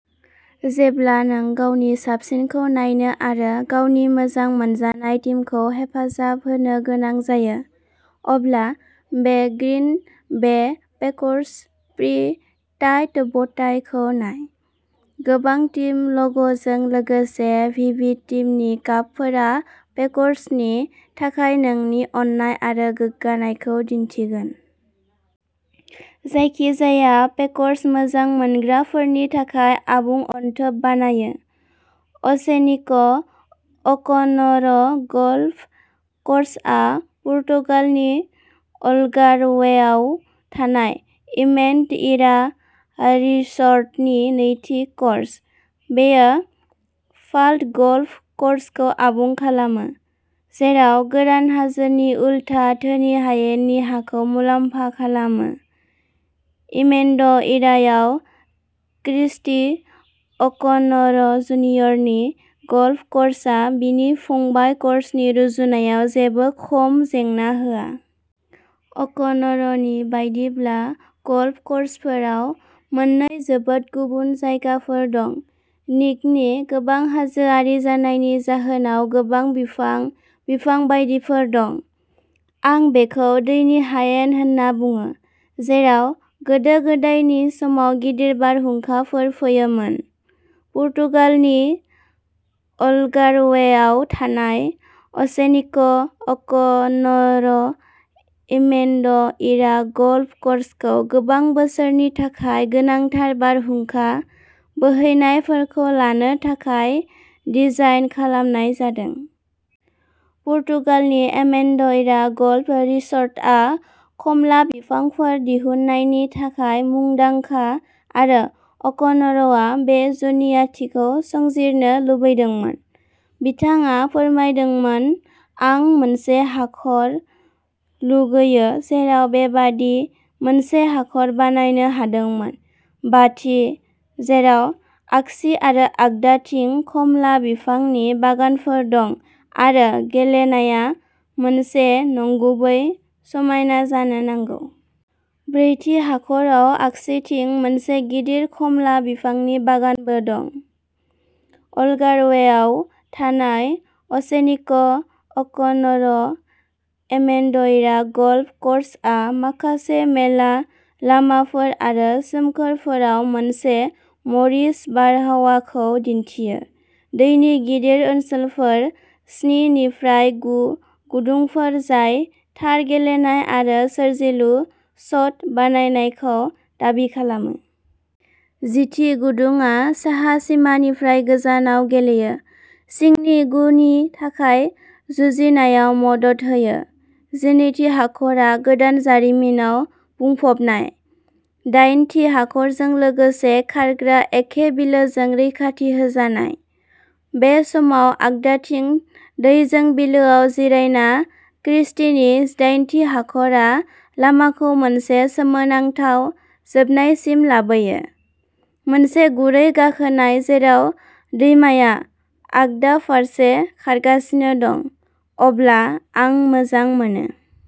जेब्ला नों गावनि साबसिनखौ नायनो आरो गावनि मोजां मोनजानाय टीमखौ हेफाजाब होनो गोनां जायो, अब्ला बे Green Bay peckers pre Tide ब'टाइखौ नाय। गोबां टीम ल'ग'जों लोगोसे भिभिड टीमनि गाबफोरा पेकर्सनि थाखाय नोंनि अननाय आरो गोग्गानायखौ दिन्थिगोन। जायखिजाया पेकर्स मोजां मोनग्राफोरनि थाखाय आबुं अनथोब बानायो! अ'सेनिक'अ'क'न'र गल्फ क'र्सआ पर्तुगालनि अल्गार्वेआव थानाय एमेन्ड'इरा रिसर्टनि नैथि क'र्स। बेयो फाल्ड'गल्फ क'र्सखौ आबुं खालामो, जेराव गोरान हाजोनि उलथा धोनि हायेननि हाखौ मुलाम्फा खालामो। एमेन्ड'इरायाव क्रिस्टी अ'क'न'र जुनियरनि गल्फ क'र्सआ बिनि फंबाय क'र्सनि रुजुनायाव जेबो खम जेंना होआ। अ'क'न'रनि बायदिब्ला, गल्फ क'र्सफोराव "मोननै जोबोद गुबुन जायगाफोर दं, निकनि गोबां हाजोआरि जानायनि जाहोनाव गोबां बिफां, बिफां बायदिफोर दं। आं बेखौ दैनि हायेन होनना बुङो, जेराव गोदो गोदायनि समाव गिदिर बारहुंखाफोर फैयोमोन।" पर्तुगालनि अल्गार्वेआव थानाय अ'सेनिक'अ'क'न'र एमेन्ड'इरा गल्फ क'र्सखौ गोबां बोसोरनि थाखाय गोनांथार बारहुंखा बोहैनायफोरखौ लानो थाखाय डिजाइन खालामनाय जादों। पर्तुगालनि एमेन्ड'इरा गल्फ रिसर्टआ खमला बिफांफोर दिहुननायनि थाखाय मुंदांखा आरो अ'क'न'रआ बे जुनियाथिखौ संजिरनो लुबैदोंमोन। बिथाङा फोरमायदोंमोन "आं मोनसे हाखर लुगैयो जेराव बेबादि मोनसे हाखर बानायनो हादोंमोन, बाथि, जेराव आगसि आरो आगदाथिं खमला बिफांनि बागानफोर दं आरो गेलेनाया मोनसे नंगुबै समायना जानो नांगौ। ब्रैथि हाखराव आगसिथिं मोनसे गिदिर खमला बिफांनि बागानबो दं। "अल्गार्वेआव थानाय अ'सेनिक'अ'क'न'र एमेन्ड'इरा गल्फ क'र्सआ माखासे मेला लामाफोर आरो सोमखोरफोराव मोनसे म'रिश बारहावाखौ दिन्थियो, दैनि गिदिर ओनसोलफोर स्नि निफ्राय गु गुदुंफोर जाय थार गेलेनाय आरो सोरजिलु शट बानायनायखौ दाबि खालामो। जिथि गुदुंआ साहा सिमानिफ्राय गोजानाव गेलेयो, सिंनि गुनि थाखाय जुजिनायाव मदद होयो। जिनैथि हाखरआ गोदान जारिमिनाव बुंफबनाय, दाइनथि हाखरजों लोगोसे खारग्रा एखे बिलोजों रैखाथि होजानाय, बे समाव आगदाथिं दैजों बिलोआव जिरायना क्रिस्टीनि जिदाइनथि हाखरआ लामाखौ मोनसे सोमोनांथाव जोबनायसिम लाबोयो, मोनसे गुरै गाखोनाय जेराव दैमाया आगदा फारसे खारगासिनो दं। अब्ला आं मोजां मोनो।